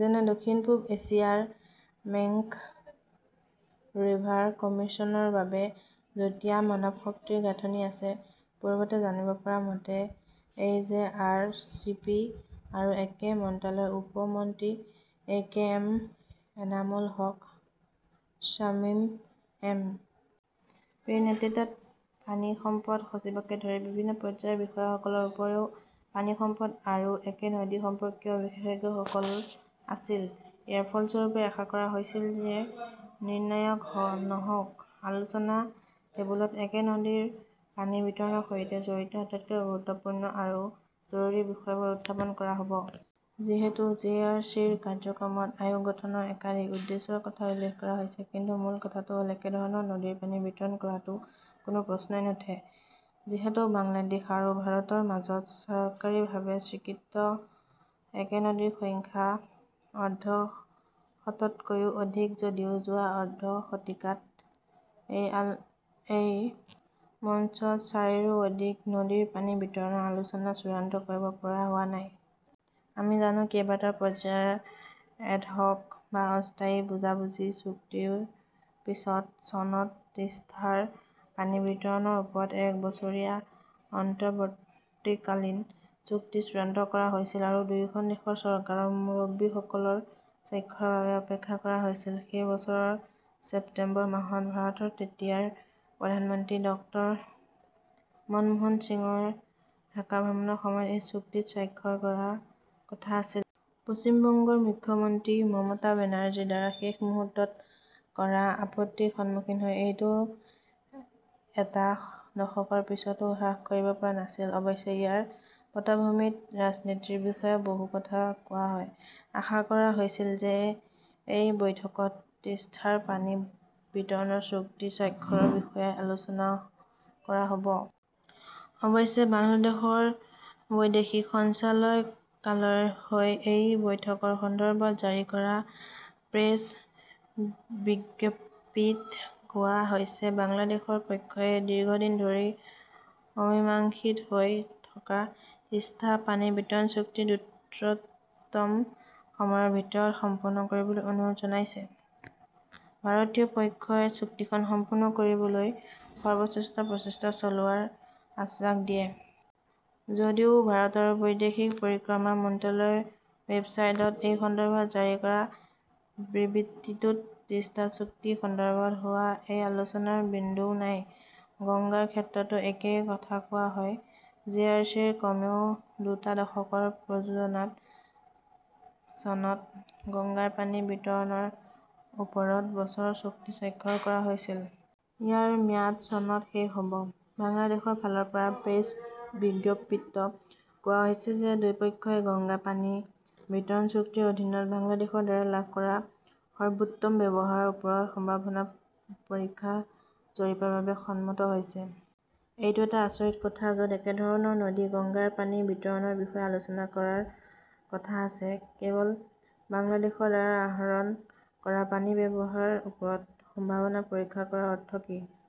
যেনে দক্ষিণ পূব এছিয়াৰ মেকং ৰিভাৰ কমিছনৰ বাবে যুটীয়া মানৱশক্তিৰ গাঁথনি আছে। পূৰ্বতে জানিব পৰা মতে, এই জে. আৰ. চি. পি. আৰু একে মন্ত্ৰালয়ৰ উপ মন্ত্ৰী A. K. M. Enamul Haque Shamim M. P. ৰ নেতৃত্বত, পানী সম্পদ সচিবকে ধৰি বিভিন্ন পৰ্যায়ৰ বিষয়াসকলৰ উপৰিও পানী সম্পদ আৰু একে নদী সম্পৰ্কীয় বিশেষজ্ঞসকল আছিল। ইয়াৰ ফলস্বৰূপে আশা কৰা হৈছিল যে নিৰ্ণায়ক নহওঁক, আলোচনা টেবুলত একে নদীৰ পানী বিতৰণৰ সৈতে জড়িত আটাইতকৈ গুৰুত্বপূৰ্ণ আৰু জৰুৰী বিষয়বোৰ উত্থাপন কৰা হ 'ব। যিহেতু জে. আৰ. চি. ৰ কাৰ্যক্ৰমত আয়োগ গঠনৰ একাধিক উদ্দেশ্যৰ কথা উল্লেখ কৰা হৈছে, কিন্তু মূল কথাটো হ’ল একেধৰণৰ নদীৰ পানী বিতৰণ কৰাটো কোনো প্ৰশ্নই নুঠে। যিহেতু বাংলাদেশ আৰু ভাৰতৰ মাজত চৰকাৰীভাৱে স্বীকৃত একে নদীৰ সংখ্যা অৰ্ধশততকৈও অধিক যদিও যোৱা অৰ্ধ শতিকাত এই ম এই মঞ্চত চাৰিৰো অধিক নদীৰ পানী বিতৰণৰ আলোচনা চূড়ান্ত কৰিব পৰা হোৱা নাই। আমি জানো, কেইবাটাও পৰ্যায়ৰ এডহক "বা অস্থায়ী বুজাবুজি চুক্তিৰ পিছত চনত তিষ্টাৰ পানী বিতৰণৰ ওপৰত এক বছৰীয়া' অন্তৱৰ্তীকালীন" চুক্তি চূড়ান্ত কৰা হৈছিল আৰু দুয়োখন দেশৰ চৰকাৰৰ মুৰব্বীসকলৰ স্বাক্ষৰৰ বাবে অপেক্ষা কৰা হৈছিল। সেই বছৰৰ ছেপ্টেম্বৰ মাহত ভাৰতৰ তেতিয়াৰ প্ৰধানমন্ত্ৰী ডক্টৰ মনমোহন সিঙৰ ঢাকা ভ্ৰমণৰ সময়ত এই চুক্তিত স্বাক্ষৰ কৰাৰ কথা আছিল। পশ্চিম বংগৰ মুখ্যমন্ত্ৰী মমতা বেনাৰ্জীৰ দ্বাৰা শেষ মুহূৰ্তত কৰা আপত্তিৰ সন্মুখীন হৈ এইটো এটা দশকৰ পিছতো হ্ৰাস কৰিব পৰা নাছিল। অৱশ্যে ইয়াৰ পটভূমিত ৰাজনীতি ৰ বিষয়ে বহু কথা কোৱা হয়। আশা কৰা হৈছিল যে এই বৈঠকত তিষ্টাৰ পানী বিতৰণ চুক্তি স্বাক্ষৰৰ বিষয়ে আলোচনা কৰা হ 'ব। অৱশ্যে, বাংলাদেশৰ বৈদেশিক সঞ্চালকালয়ৰ হৈ এই বৈঠকৰ সন্দৰ্ভত জাৰি কৰা প্ৰেছ বিজ্ঞপ্তিত কোৱা হৈছে-'বাংলাদেশৰ পক্ষই দীৰ্ঘদিন ধৰি অমীমাংসিত হৈ থকা তিষ্টা পানী বিতৰণ চুক্তি দ্ৰুততম সময়ৰ ভিতৰত সম্পন্ন কৰিবলৈ অনুৰোধ জনাইছে। ভাৰতীয় পক্ষই চুক্তিখন সম্পূৰ্ণ কৰিবলৈ সৰ্বশ্ৰেষ্ঠ প্ৰচেষ্টা চলোৱাৰ আশ্বাস দিয়ে। যদিও ভাৰতৰ বৈদেশিক পৰিক্ৰমা মন্ত্ৰালয়ৰ ৱেবছাইটত এই সন্দৰ্ভত জাৰি কৰা বিবৃতিটোত তিষ্টা চুক্তি সন্দৰ্ভত হোৱা এই আলোচনাৰ বিন্দুও নাই। গংগাৰ ক্ষেত্ৰতো একেই কথা কোৱা হয়। জে. আৰ. চি. ৰ কমেও দুটা দশকৰ প্ৰযোজনাত চনত গংগাৰ পানী বিতৰণৰ ওপৰত বছৰৰ চুক্তি স্বাক্ষৰ কৰা হৈছিল। ইয়াৰ ম্যাদ চনত শেষ হ 'ব। বাংলাদেশৰ ফালৰ পৰা প্ৰেছ বিজ্ঞপ্তিত কোৱা হৈছে যে 'দুয়োপক্ষই গংগা পানী বিতৰণ চুক্তিৰ অধীনত বাংলাদেশৰ দ্বাৰা লাভ কৰা সৰ্বোত্তম ব্যৱহাৰৰ ওপৰত সম্ভাৱনা পৰীক্ষা জৰীপৰ বাবে সন্মত হৈছে। এইটো এটা আচৰিত কথা। য 'ত একেধৰণৰ নদী গংগাৰ পানী বিতৰণৰ বিষয়ে আলোচনা কৰাৰ কথা আছে, কেৱল বাংলাদেশৰ দ্বাৰা আহৰণ কৰা পানীৰ ব্যৱহাৰৰ ওপৰত সম্ভাৱনা পৰীক্ষা কৰাৰ অৰ্থ কি